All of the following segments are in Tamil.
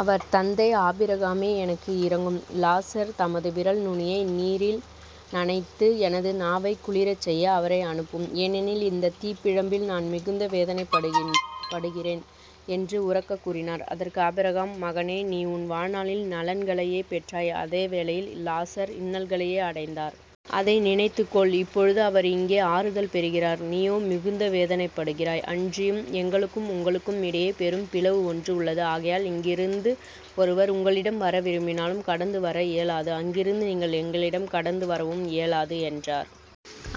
அவர், "தந்தை ஆபிரகாமே, எனக்கு இரங்கும். இலாசர் தமது விரல் நுனியைத் நீரில் நனைத்து எனது நாவைக் குளிரச்செய்ய அவரை அனுப்பும். ஏனெனில் இந்தத் தீப்பிழம்பில் நான் மிகுந்த வேதனைப்படுகிறேன்" என்று உரக்கக் கூறினார். அதற்கு ஆபிரகாம், "மகனே, நீ உன் வாழ்நாளில் நலன்களையே பெற்றாய் அதே வேளையில் இலாசர் இன்னல்களையே அடைந்தார். அதை நினைத்துக் கொள். இப்பொழுது அவர் இங்கே ஆறுதல் பெறுகிறார், நீயோ மிகுந்த வேதனைப்படுகிறாய். அன்றியும் எங்களுக்கும் உங்களுக்கும் இடையே பெரும் பிளவு ஒன்று உள்ளது. ஆகையால் இங்கிருந்து ஒருவர் உங்களிடம் வர விரும்பினாலும் கடந்து வர இயலாது. அங்கிருந்து நீங்கள் எங்களிடம் கடந்து வரவும் இயலாது" என்றார்.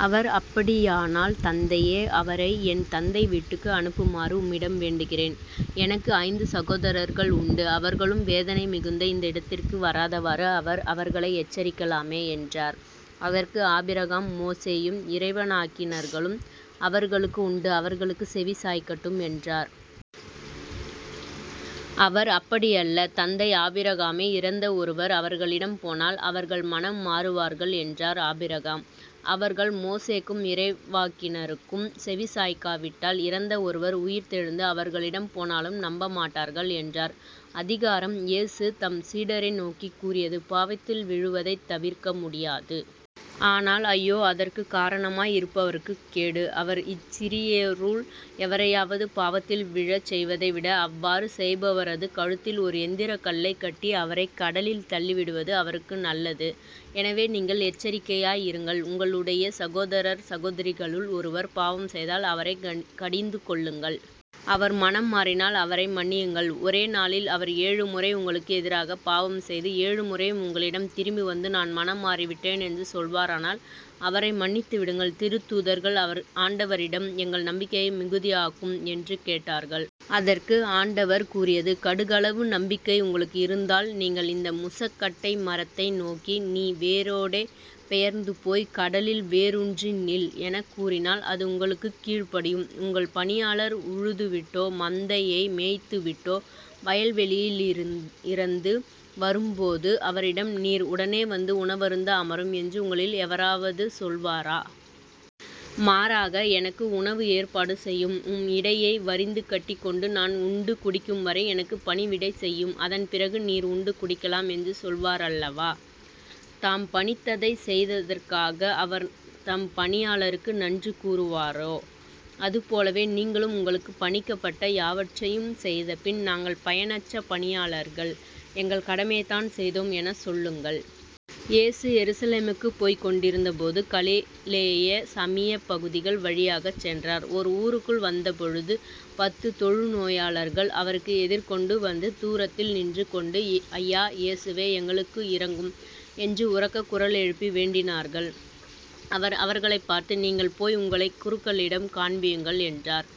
"அவர், "அப்படியானால் தந்தையே, அவரை என் தந்தை வீட்டுக்கு அனுப்புமாறு உம்மிடம் வேண்டுகிறேன். எனக்கு ஐந்து சகோதரர்கள் உண்டு. அவர்களும் வேதனை மிகுந்த இந்த இடத்திற்கு வராதவாறு அவர் அவர்களை எச்சரிக்கலாமே" என்றார். அதற்கு ஆபிரகாம், "மோசேயும் இறைவாக்கினர்களும் அவர்களுக்கு உண்டு. அவர்களுக்குச் செவிசாய்க்கட்டும்" என்றார். அவர், "அப்படியல்ல, தந்தை ஆபிரகாமே, இறந்த ஒருவர் அவர்களிடம் போனால் அவர்கள் மனம் மாறுவார்கள்" என்றார். ஆபிரகாம், "அவர்கள் மோசேக்கும் இறைவாக்கினருக்கும் செவிசாய்க்காவிட்டால், இறந்த ஒருவர் உயிர்த்தெழுந்து அவர்களிடம் போனாலும் நம்பமாட்டார்கள்" என்றார். " அதிகாரம் இயேசு தம் சீடரை நோக்கிக் கூறியது"பாவத்தில் விழுவதைத் தவிர்க்க முடியாது. ஆனால் ஐயோ. அதற்குக் காரணமாய் இருப்பவருக்குக் கேடு. அவர் இச்சிறியோருள் எவரையாவது பாவத்தில் விழச் செய்வதைவிட அவ்வாறு செய்பவரது கழுத்தில் ஒரு எந்திரக் கல்லைக் கட்டி அவரைக் கடலில் தள்ளிவிடுவது அவருக்கு நல்லது. எனவே, நீங்கள் எச்சரிக்கையாய் இருங்கள். உங்களுடைய சகோதரர் சகோதரிகளுள் ஒருவர் பாவம் செய்தால் அவரைக் கடிந்துகொள்ளுங்கள். அவர் மனம் மாறினால் அவரை மன்னியுங்கள். ஒரே நாளில் அவர் ஏழு முறை உங்களுக்கு எதிராகப் பாவம் செய்து ஏழு முறையும் உங்களிடம் திரும்பி வந்து, "நான் மனம் மாறிவிட்டேன்" என்று சொல்வாரானால் அவரை மன்னித்து விடுங்கள். " திருத்தூதர்கள் ஆண்டவரிடம், "எங்கள் நம்பிக்கையை மிகுதியாக்கும்" என்று கேட்டார்கள். அதற்கு ஆண்டவர் கூறியது"கடுகளவு நம்பிக்கை உங்களுக்கு இருந்தால் நீங்கள் இந்த முசக்கட்டை மரத்தை நோக்கி, "நீ வேரோடே பெயர்ந்துபோய்க் கடலில் வேருன்றி நில்" எனக் கூறினால் அது உங்களுக்குக் கீழ்ப்படியும். "உங்கள் பணியாளர் உழுது விட்டோ, மந்தையை மேய்த்துவிட்டோ வயல்வெளியிலிரந்து வரும்போது அவரிடம், "நீர் உடனே வந்து உணவருந்த அமரும்" என்று உங்களில் எவராவது சொல்வாரா? மாறாக, "எனக்கு உணவு ஏற்பாடு செய்யும், உம் இடையை வரிந்துகட்டிக்கொண்டு, நான் உண்டு குடிக்கும்வரை எனக்குப் பணிவிடை செய்யும் அதன்பிறகு நீர் உண்டு குடிக்கலாம்" என்று சொல்வாரல்லவா? தாம் பணித்ததைச் செய்ததற்காக அவர் தம் பணியாளருக்கு நன்றி கூறுவாரோ? அது போலவே, நீங்களும் உங்களுக்குப் பணிக்கப்பட்ட யாவற்றையும் செய்தபின், "நாங்கள் பயனற்ற பணியாளர்கள் எங்கள் கடமையைத்தான் செய்தோம்" எனச் சொல்லுங்கள். " இயேசு எருசலேமுக்குப் போய்க் கொண்டிருந்தபோது கலிலேய, சமியப் பகுதிகள் வழியாகச் சென்றார். ஓர் ஊருக்குள் வந்தபொழுது, பத்து தொழுநோயாளர்கள் அவருக்கு எதிர்கொண்டு வந்து, தூரத்தில் நின்று கொண்டு, "ஐயா. இயேசுவே, எங்களுக்கு இரங்கும்" என்று உரக்கக் குரலெழுப்பி வேண்டினார்கள். அவர் அவர்களைப் பார்த்து, "நீங்கள் போய் உங்களைக் குருக்களிடம் காண்பியுங்கள்" என்றார்.